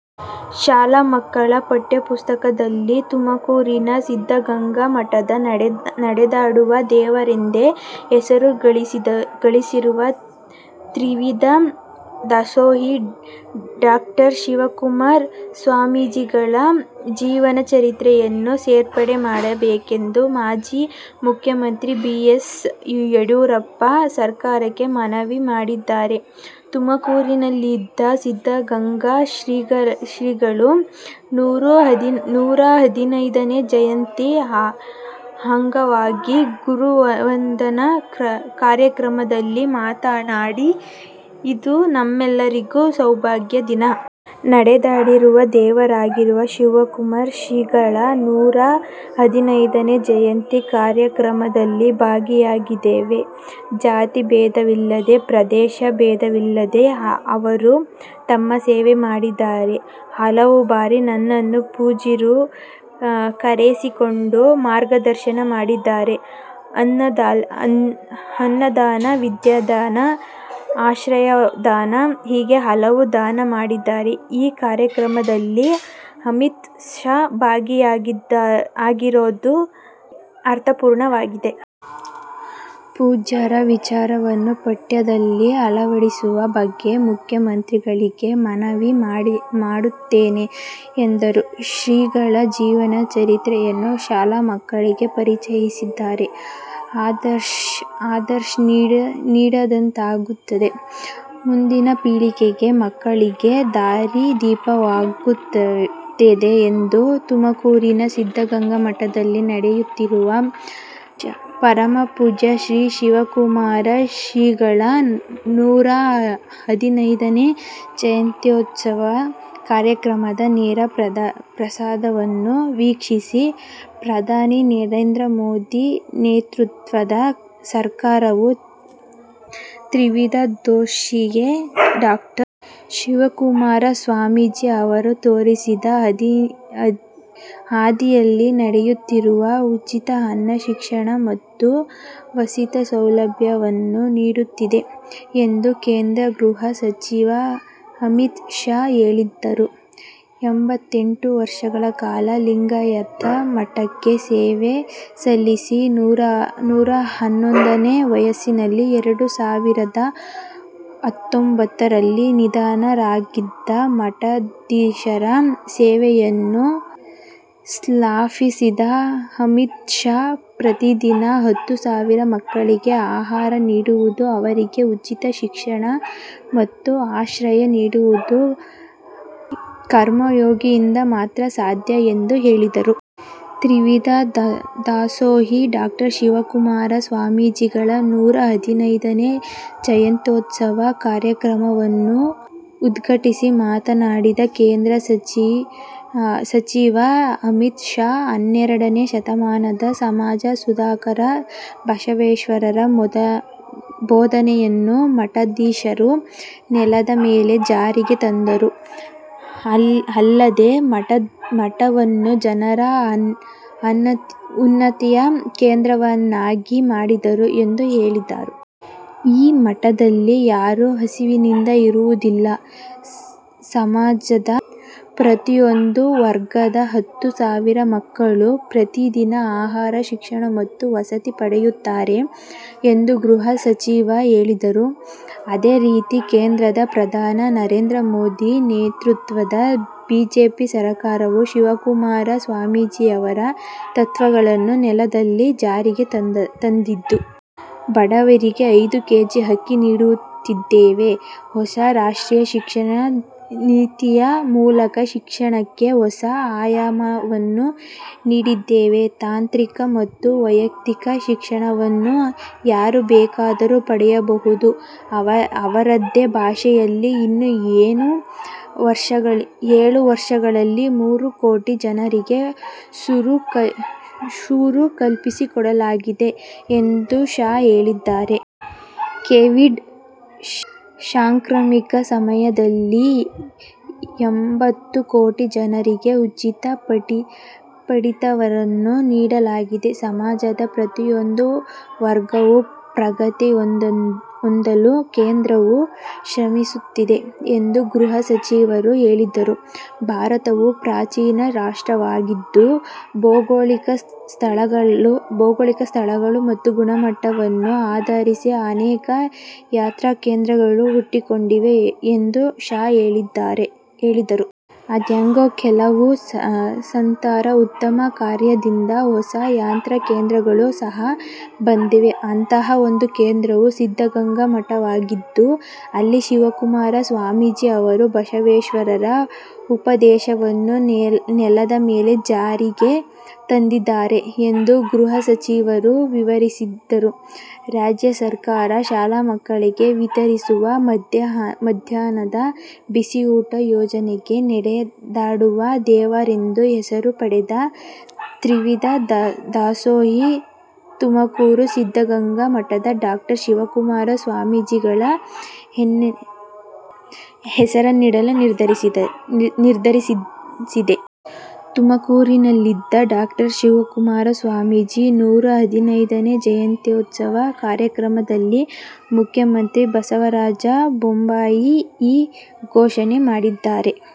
ಶಾಲಾ ಮಕ್ಕಳ ಪಠ್ಯಪುಸ್ತಕದಲ್ಲಿ ತುಮಕೂರಿನ ಸಿದ್ದಗಂಗಾ ಮಠದ ನಡೆದಾಡುವ ದೇವರೆಂದೇ ಹೆಸರು ಗಳಿಸಿರುವ ತ್ರಿವಿಧ ದಾಸೋಹಿ ಡಾ ಶಿವಕುಮಾರ ಸ್ವಾಮೀಜಿಗಳ ಜೀವನ ಚರಿತ್ರೆಯನ್ನು ಸೇರ್ಪಡೆ ಮಾಡಬೇಕೆಂದು ಮಾಜಿ ಮುಖ್ಯಮಂತ್ರಿ ಬಿ ಎಸ್ ಯಡಿಯೂರಪ್ಪ ಸರ್ಕಾರಕ್ಕೆ ಮನವಿ ಮಾಡಿದ್ದಾರೆ. ತುಮಕೂರಿನಲ್ಲಿಂದು ಸಿದ್ದಗಂಗಾ ಶ್ರೀಗಳ ನೂರಾ ಹದಿನೈದನೇ ಜಯಂತಿ ಅಂಗವಾಗಿ ಗುರುವಂದನಾ ಕಾರ್ಯಕ್ರಮದಲ್ಲಿ ಮಾತನಾಡಿ, ಇಂದು ನಮ್ಮೆಲ್ಲರಿಗೂ ಸೌಭಾಗ್ಯ ದಿನ. ನಡೆದಾಡುವ ದೇವರಾಗಿರುವ ಶಿವಕುಮಾರ ಶ್ರೀಗಳ ನೂರಾ ಹದಿನೈದನೇ ಜಯಂತಿ ಕಾರ್ಯಕ್ರಮದಲ್ಲಿ ಭಾಗಿಯಾಗಿದ್ದೇವೆ. ಜಾತಿ ಭೇದವಿಲ್ಲದೆ ಪ್ರದೇಶ ಭೇದವಿಲ್ಲದೆ ಅವರು ತಮ್ಮ ಸೇವೆ ಮಾಡಿದ್ದಾರೆ. ಹಲವು ಬಾರಿ ನನ್ನನ್ನು ಪೂಜ್ಯರು ಕರೆಸಿಕೊಂಡು ಮಾರ್ಗದರ್ಶನ ಮಾಡಿದ್ದಾರೆ. ಅನ್ನದಾನ ವಿದ್ಯಾದಾನ, ಆಶ್ರಯದಾನ ಹೀಗೆ ಹಲವು ದಾನ ಮಾಡಿದ್ದಾರೆ. ಈ ಕಾರ್ಯಕ್ರಮದಲ್ಲಿ ಅಮಿತ್ ಶಾ ಭಾಗಿಯಾಗಿರೋದು ಅರ್ಥಪೂರ್ಣವಾಗಿದೆ. ಪೂಜ್ಯರ ವಿಚಾರವನ್ನು ಪಠ್ಯದಲ್ಲಿ ಅಳವಡಿಸುವ ಬಗ್ಗೆ ಮುಖ್ಯ ಮಂತ್ರಿಗಳಿಗೆ ಮನವಿ ಮಾಡುತ್ತೇನೆ ಎಂದರು. ಶ್ರೀಗಳ ಜೀವನ ಚರಿತ್ರೆಯನ್ನು ಶಾಲಾ ಮಕ್ಕಳಿಗೆ ಪರಿಚಯಿಸಿದರೆ ಆದರ್ಶ ನೀಡಿದಂತಾಗುತ್ತದೆ, ಮುಂದಿನ ಪೀಳಿಗೆಯ ಮಕ್ಕಳಿಗೆ ದಾರಿದೀಪವಾಗುತ್ತದೆ ಎಂದರು. ತುಮಕೂರಿನ ಸಿದ್ದಗಂಗಾ ಮಠದಲ್ಲಿ ನಡೆಯುತ್ತಿರುವ ಪರಮಪೂಜ್ಯ ಶ್ರೀ ಶಿವಕುಮಾರ ಶ್ರೀಗಳ ನೂರಾ ಹದಿನೈದನೇ ಜಯಂತೋತ್ಸವ ಕಾರ್ಯಕ್ರಮದ ನೇರ ಪ್ರಸಾರವನ್ನು ವೀಕ್ಷಿಸಿ, ಪ್ರಧಾನಿ ನರೇಂದ್ರ ಮೋದಿ ನೇತೃತ್ವದ ಸರ್ಕಾರವು ತ್ರಿವಿಧ ದಾಸೋಹಿ ಡಾ. ಶಿವಕುಮಾರ ಸ್ವಾಮೀಜಿ ಅವರು ತೋರಿಸಿದ ಹಾದಿಯಲ್ಲಿ ನಡೆಯುತ್ತಿದ್ದು, ಉಚಿತ ಅನ್ನ, ಶಿಕ್ಷಣ ಮತ್ತು ವಸತಿ ಸೌಲಭ್ಯವನ್ನು ನೀಡುತ್ತಿದೆ ಎಂದು ಕೇಂದ್ರ ಗೃಹ ಸಚಿವ ಅಮಿತ್ ಶಾ ಹೇಳಿದರು. ಎಂಬತ್ತೆಂಟು ವರ್ಷಗಳ ಕಾಲ ಲಿಂಗಾಯತ ಮಠಕ್ಕೆ ಸೇವೆ ಸಲ್ಲಿಸಿ ನೂರಾ ಹನ್ನೊಂದನೇ ವಯಸ್ಸಿನಲ್ಲಿ ಎರಡು ಸಾವಿರದ ಹತ್ತೊಂಬತ್ತರಲ್ಲಿ ನಿಧನರಾದ ಮಠಾಧೀಶರ ಸೇವೆಯನ್ನು ಶ್ಲಾಘಿಸಿದ ಅಮಿತ್ ಶಾ, ಪ್ರತಿದಿನ ಹತ್ತು ಸಾವಿರ ಮಕ್ಕಳಿಗೆ ಆಹಾರ ನೀಡುವುದು, ಅವರಿಗೆ ಉಚಿತ ಶಿಕ್ಷಣ ಮತ್ತು ಆಶ್ರಯ ನೀಡುವುದು 'ಕರ್ಮಯೋಗಿ'ಯಿಂದ ಮಾತ್ರ ಸಾಧ್ಯ ಎಂದು ಹೇಳಿದರು. ತ್ರಿವಿಧ ದಾಸೋಹಿ ಡಾ. ಶಿವಕುಮಾರ ಸ್ವಾಮೀಜಿಗಳ ನೂರಾ ಹದಿನೈದನೇ ಜಯಂತ್ಯೋತ್ಸವ ಕಾರ್ಯಕ್ರಮವನ್ನು ಉದ್ಘಾಟಿಸಿ ಮಾತನಾಡಿದ ಕೇಂದ್ರ ಸಚಿವ ಅಮಿತ್ ಶಾ, ಹನ್ನೆರಡನೇ ಶತಮಾನದ ಸಮಾಜ ಸುಧಾರಕ ಬಸವೇಶ್ವರರ ಬೋಧನೆಯನ್ನು ಮಠಾಧೀಶರು ನೆಲದ ಮೇಲೆ ಜಾರಿಗೆ ತಂದರು. ಅಲ್ಲದೆ ಮಠವನ್ನು ಜನರ ಉನ್ನತಿಯ ಕೇಂದ್ರವನ್ನಾಗಿ ಮಾಡಿದರು ಎಂದು ಹೇಳಿದರು. 'ಈ ಮಠದಲ್ಲಿ ಯಾರೂ ಹಸಿವಿನಿಂದ ಇರುವುದಿಲ್ಲ. ಸಮಾಜದ ಪ್ರತಿಯೊಂದು ವರ್ಗದ ಹತ್ತು ಸಾವಿರ ಮಕ್ಕಳು ಪ್ರತಿದಿನ ಆಹಾರ, ಶಿಕ್ಷಣ ಮತ್ತು ವಸತಿ ಪಡೆಯುತ್ತಾರೆ ಎಂದು ಗೃಹ ಸಚಿವರು ಹೇಳಿದರು. ಅದೇ ರೀತಿ ಕೇಂದ್ರದ ಪ್ರಧಾನಿ ನರೇಂದ್ರ ಮೋದಿ ನೇತೃತ್ವದ ಬಿಜೆಪಿ ಸರಕಾರವು ಶಿವಕುಮಾರ ಸ್ವಾಮೀಜಿಯವರ ತತ್ವಗಳನ್ನು ನೆಲದಲ್ಲಿ ಜಾರಿಗೆ ತಂದಿದೆ. ಬಡವರಿಗೆ ಐದು ಕೆಜಿ ಅಕ್ಕಿ ನೀಡುತ್ತಿದ್ದೇವೆ. ಹೊಸ ರಾಷ್ಟ್ರೀಯ ಶಿಕ್ಷಣ ನೀತಿಯ ಮೂಲಕ ಶಿಕ್ಷಣಕ್ಕೆ ಹೊಸ ಆಯಾಮವನ್ನು ನೀಡಿದ್ದೇವೆ. ತಾಂತ್ರಿಕ ಮತ್ತು ವೈದ್ಯಕೀಯ ಶಿಕ್ಷಣವನ್ನು ಯಾರು ಬೇಕಾದರೂ ಪಡೆಯಬಹುದು. ಅವರದೇ ಭಾಷೆಯಲ್ಲಿ. ಇನ್ನು ಏಳು ವರ್ಷಗಳಲ್ಲಿ ಮೂರು ಕೋಟಿ ಜನರಿಗೆ ಸೂರು ಕಲ್ಪಿಸಿಕೊಡಲಾಗಿದೆ ಎಂದು ಶಾ ಹೇಳಿದರು. ಕೋವಿಡ್ ಸಾಂಕ್ರಾಮಿಕ ಸಮಯದಲ್ಲಿ, ಎಂಬತ್ತು ಕೋಟಿ ಜನರಿಗೆ ಉಚಿತ ಪಡಿತರವನ್ನು ನೀಡಲಾಗಿದೆ. ಸಮಾಜದ ಪ್ರತಿಯೊಂದು ವರ್ಗವೂ ಪ್ರಗತಿ ಹೊಂದಲು ಕೇಂದ್ರವು ಶ್ರಮಿಸುತ್ತಿದೆ ಎಂದು ಗೃಹ ಸಚಿವರು ಹೇಳಿದರು. ಭಾರತವು ಪ್ರಾಚೀನ ರಾಷ್ಟ್ರವಾಗಿದ್ದು, ಭೌಗೋಳಿಕ ಸ್ಥಳಗಳು ಮತ್ತು ಗುಣಮಟ್ಟವನ್ನು ಆಧರಿಸಿ ಅನೇಕ ಯಾತ್ರಾ ಕೇಂದ್ರಗಳು ಹುಟ್ಟಿಕೊಂಡಿವೆ ಎಂದು ಶಾ ಹೇಳಿದರು. ಆದಾಗ್ಯೂ, ಕೆಲವು ಸಂತರ ಉತ್ತಮ ಕಾರ್ಯದಿಂದ ಹೊಸ ಯಾತ್ರಾ ಕೇಂದ್ರಗಳು ಸಹ ಬಂದಿವೆ. ಅಂತಹ ಒಂದು ಕೇಂದ್ರವು ಸಿದ್ದಗಂಗಾ ಮಠವಾಗಿದ್ದು, ಅಲ್ಲಿ ಶಿವಕುಮಾರ ಸ್ವಾಮೀಜಿ ಅವರು ಬಸವೇಶ್ವರರ ಉಪದೇಶವನ್ನು ನೆಲದ ಮೇಲೆ ಜಾರಿಗೆ ತಂದಿದ್ದಾರೆ ಎಂದು ಗೃಹ ಸಚಿವರು ವಿವರಿಸಿದರು. ರಾಜ್ಯ ಸರ್ಕಾರ ಶಾಲಾ ಮಕ್ಕಳಿಗೆ ವಿತರಿಸುವ ಮಧ್ಯಾಹ್ನದ ಬಿಸಿಯೂಟ ಯೋಜನೆಗೆ ನಡೆದಾಡುವ ದೇವರೆಂದೇ ಹೆಸರು ಪಡೆದ ತ್ರಿವಿಧ ದಾಸೋಹಿ ತುಮಕೂರಿನ ಸಿದ್ದಗಂಗಾ ಮಠದ ಡಾ ಶಿವಕುಮಾರ ಸ್ವಾಮೀಜಿಗಳ ಹೆಸರನ್ನಿಡಲು ನಿರ್ಧರಿಸಿದೆ. ತುಮಕೂರಿನಲ್ಲಿಂದು ಡಾ ಶಿವಕುಮಾರ ಸ್ವಾಮೀಜಿಗಳ ನೂರಾ ಹದಿನೈದನೇ ಜಯಂತ್ಯೋತ್ಸವ ಕಾರ್ಯಕ್ರಮದಲ್ಲಿ ಮುಖ್ಯಮಂತ್ರಿ ಬಸವರಾಜ ಬೊಮ್ಮಾಯಿ ಈ ಘೋಷಣೆ ಮಾಡಿದ್ದಾರೆ.